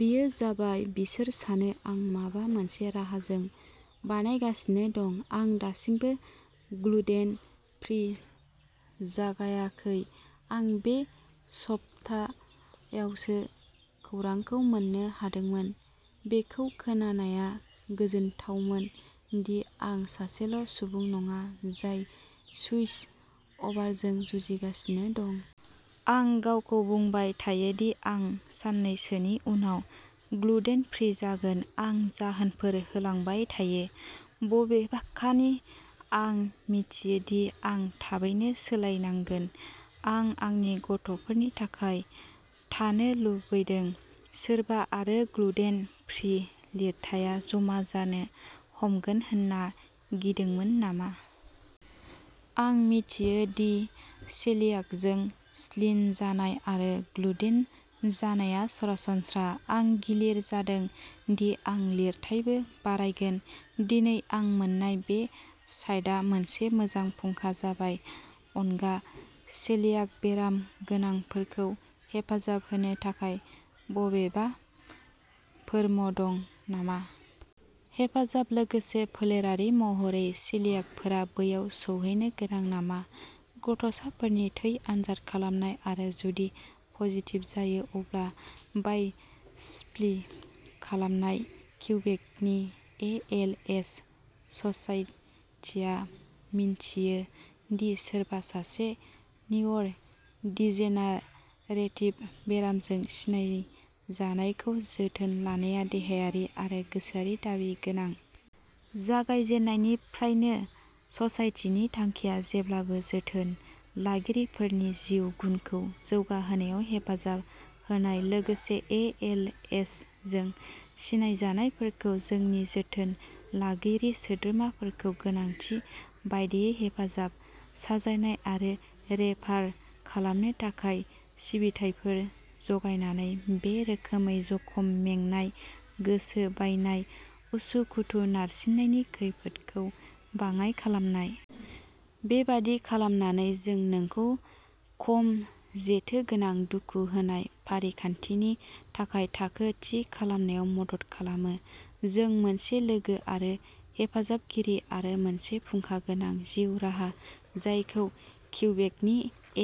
बेयो जाबाय। बिसोर सानो आं माबा मोनसे राहाजों बानायगासिनो दं। आं दासिमबो ग्लुटेन फ्रि जागायाखै आं बे सप्तायावसो खौरांखौ मोन्नो हादोंमोन। बेखौ खोनानाया गोजोनथावमोन दि आं सासेल'सुबुं नङा जाय सुइच अभारजों जुजिगासिनो दं। आं गावखौ बुंबाय थायो दि आं साननैसोनि उनाव ग्लुटेन फ्रि जागोन। आं जाहोनफोर होलांबाय थायो, बबेखानि आं मिथियो दि आं थाबैनो सोलायनांगोन। आं आंनि गथ'फोरनि थाखाय थानो लुबैदों सोरबा आरो ग्लुटेन फ्रि लिरथाइया जमा जानो हमगोन होनना गिदोंमोन नामा? आं मिथियो दि सेलियाकजों स्लिन जानाय आरो ग्लुटेन जानाया सरासनस्रा। आं गिलिर जादों दि आं लिरथाइबो बारायगोन दिनै आं मोन्नाय बे साइटआ मोनसे मोजां फुंखा जाबाय। अनगा, सेलियाक बेराम गोनांफोरखौ हेफाजाब होनो थाखाय बबेबा फोरम दं नामा? हेफाजाब? लोगोसे, फोलेरारि महरै, सेलियाकफोरा बैयाव सौहैनो गोनां नामा? गथ'साफोरनि थै आनजाद खालामनाय आरो जुदि पजिटिभ जायो अब्ला बाय'प्सि खालामनाय? क्युबेकनि ए एल एस ससाइटिआ मिन्थियो दि सोरबा सासे निउर'डिजेनारेटिभ बेरामजों सिनायजानायखौ जोथोन लानाया देहायारि आरो गोसोआरि दाबि गोनां। जागायजेन्नायनिफ्रायनो, ससाइटिनि थांखिया जेब्लाबो जोथोन लागिरिफोरनि जिउनि गुनखौ जौगाहोनायाव हेफाजाब होनाय, लोगोसे ए एल एस जों सिनायजानायफोरखौ, जोंनि जोथोन लागिरि सोद्रोमाफोरखौ गोनांथि बायदियै हेफाजाब, साजायनाय आरो रेफार खालामनो थाखाय सिबिथाइफोर जगायनानै, बे रोखोमै जखम, मेंनाय, गोसो बायनाय, उसुखुथु, नारसिननायनि खैफोदखौ बाङाइ खालामनाय। बेबादि खालामनानै, जों नोंखौ खम जेथोगोनां दुखु होनाय फारिखान्थिनि थाखाय थाखो थि खालामनायाव मदद खालामो। जों मोनसे लोगो, आरो हेफाजाबगिरि, आरो मोनसे फुंखा गोनां जिउ राहा जायखौ क्युबेकनि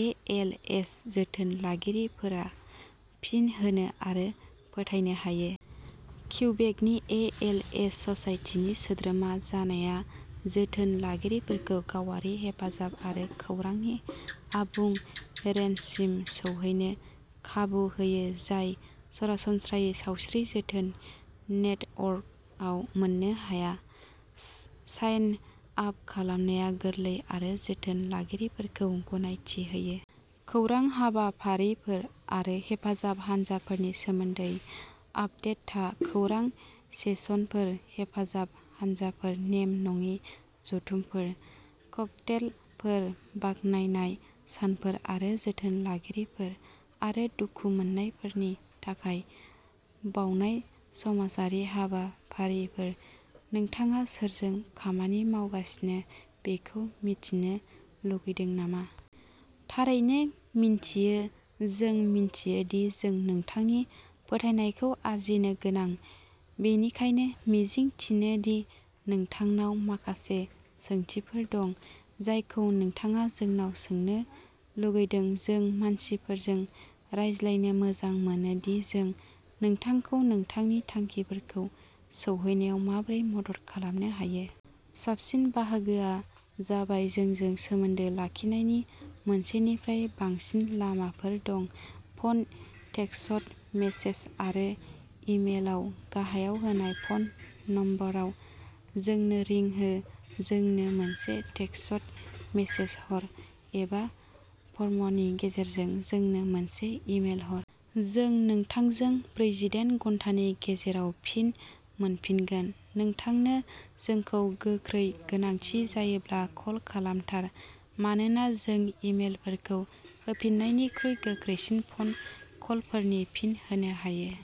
ए एल एस जोथोन लागिरिफोरा फिन होनो आरो फोथायनो हायो। क्युबेकनि ए एल एस ससाइटिनि सोद्रोमा जानाया जोथोन लागिरिफोरखौ गावारि हेफाजाब आरो खौरांनि आबुं रेन्जसिम सौहैनो खाबु होयो जाय सरासनस्रायै सावस्रि जोथोन नेटवर्कआव मोननो हाया। साइन आप खालामनाया गोरलै आरो जोथोन लागिरिफोरखौ गनायथि होयो। खौरां, हाबाफारिफोर आरो हेफाजाब हानजाफोरनि सोमोन्दै आपडेट था। खौरां सेसनफोर, हेफाजाब हानजाफोर, नेम नङि जथुमफोर, ककटेलफोर, बाखनायनाय सानफोर आरो जोथोन लागिरिफोर आरो दुखु मोन्नायफोरनि थाखाय बावनाय समाजारि हाबाफारिफोर। नोंथाङा सोरजों खामानि मावगासिनो बेखौ मिथिनो लुगैदों नामा? थारैनो मिन्थियो? जों मिन्थियो दि जों नोंथांनि फोथायनायखौ आरजिनो गोनां। बेनिखायनो, मिजिं थिनो दि नोंथांनाव माखासे सोंथिफोर दं जायखौ नोंथाङा जोंनाव सोंनो लुगैदों। जों मानसिफोरजों रायज्लायनो मोजां मोनो दि जों नोंथांखौ नोंथांनि थांखिफोरखौ सौहैनायाव माबोरै मदद खालामनो हायो। साबसिन बाहागोआ जाबाय जोंजों सोमोन्दो लाखिनायनि मोनसेनिफ्राय बांसिन लामाफोर दं फ'न, टेक्सट मेसेज, आरो इमेलआव। गाहायाव होनाय फ'न नम्बराव जोंनो रिं हो, जोंनो मोनसे टेक्सट मेसेज हर, एबा फर्मनि गेजेरजों जोंनो मोनसे इमेल हर। जों नोंथांजों ब्रैजिदाइन घन्टानि गेजेराव फिन मोनफिनगोन। नोंथांनो जोंखौ गोख्रै गोनांथि जायोब्ला, कल खालामथार, मानोना जों इमेलफोरखौ होफिन्नायनिख्रुइ गोख्रैसिन फ'न कलफोरनि फिन होनो हायो।